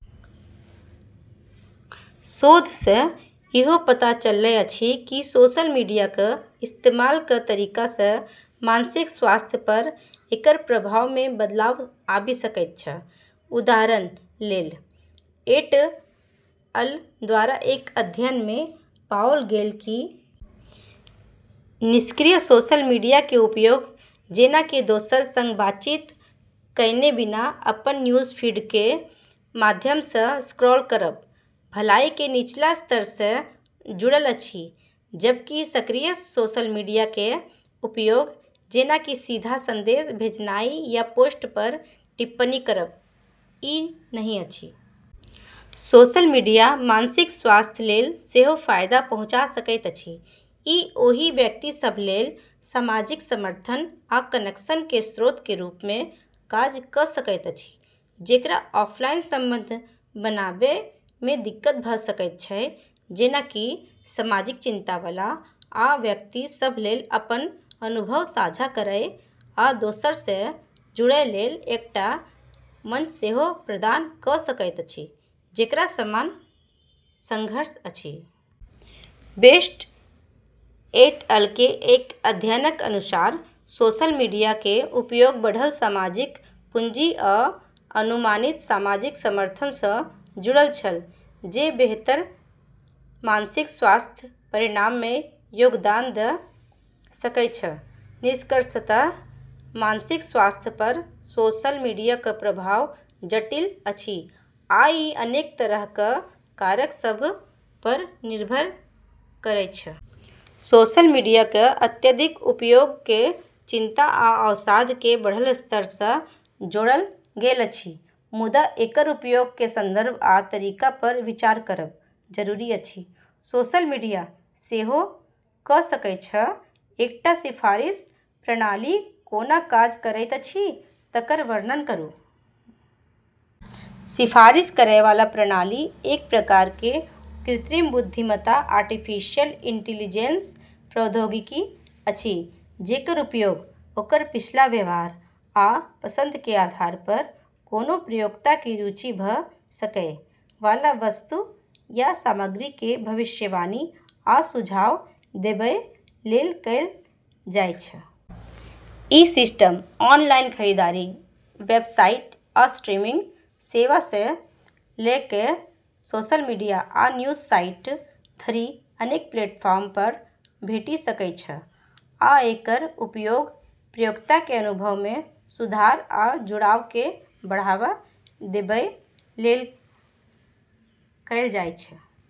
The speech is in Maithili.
शोध सँ इहो पता चललै अछि कि सोशल मीडियाक इस्तेमाल के तरीका सँ मानसिक स्वास्थ्य पर एकर प्रभाव मे बदलाव आबि सकैछ। उदाहरण लेल, 'एट अल' द्वारा एक अध्ययन मे पाओल गेल कि निष्क्रिय सोशल मीडिया के उपयोग, जेना कि दोसर के संग बातचीत कएने बिना अपन न्यूजफीड के माध्यम सँ स्क्रॉल करब, भलाई के निचला स्तर सँ जुड़ल अछि, जबकि सक्रिय सोशल मीडिया के उपयोग, जेना कि सीधा संदेश भेजनाइ या पोस्ट पर टिप्पणी करब, ई नहि अछि। सोशल मीडिया मानसिक स्वास्थ्य लेल सेहो फायदा पहुँचा सकैत अछि। ई ओहि व्यक्ति सभ लेल सामाजिक समर्थन आ कनेक्शन के स्रोत के रूप मे काज कऽ सकैत अछि, जेकरा ऑफलाइन संबंध बनाबै मे दिक्कत भऽ सकैत छै, जेना कि सामाजिक चिंता वाला, आ व्यक्ति सभ लेल अपन अनुभव साझा करै आ दोसर सँ जुड़ै लेल एकटा मंच सेहो प्रदान कऽ सकैत अछि, जेकरा समान संघर्ष अछि। बेस्ट एट अल के एक अध्ययनक अनुसार, सोशल मीडिया के उपयोग बढ़ल सामाजिक पूंजी आ अनुमानित सामाजिक समर्थन सँ जुड़ल छल, जे बेहतर मानसिक स्वास्थ्य परिणाम मे योगदान दऽ सकैछ। निष्कर्षतः मानसिक स्वास्थ्य पर सोशल मीडियाक प्रभाव जटिल अछि आ ई अनेक तरहक कारक सभ पर निर्भर करैछ। सोशल मीडियाक अत्यधिक उपयोग केँ चिंता आ अवसाद के बढ़ल स्तर सँ जोड़ल गेल अछि, मुदा एकर उपयोग के संदर्भ आ तरीका पर विचार करब जरूरी अछि। सोशल मीडिया सेहो कऽ सकैछ। एकटा सिफारिश प्रणाली कोना काज करैत अछि तकर वर्णन करू। सिफारिश करै वाला प्रणाली एक प्रकार के कृत्रिम बुद्धिमत्ता आर्टिफिशियल इंटेलिजेंस प्रौद्योगिकी अछि जेकर उपयोग ओकर पिछला व्यवहार आ पसंद के आधार पर, कोनो प्रयोक्ता के रुचि भऽ सकै वाला वस्तु या सामग्री के भविष्यवाणी आ सुझाव देबै लेल कएल जाइछ। ई सिस्टम ऑनलाइन खरीदारी वेबसाइट आ स्ट्रीमिंग सेवा सँ लऽ कऽ सोशल मीडिया आ न्यूज साइट धरि अनेक प्लेटफार्म पर भेटि सकैछ आ एकर उपयोग प्रयोक्ता के अनुभव मे सुधार आ जुड़ाव केँ बढ़ावा देबै लेल कएल जाइछ।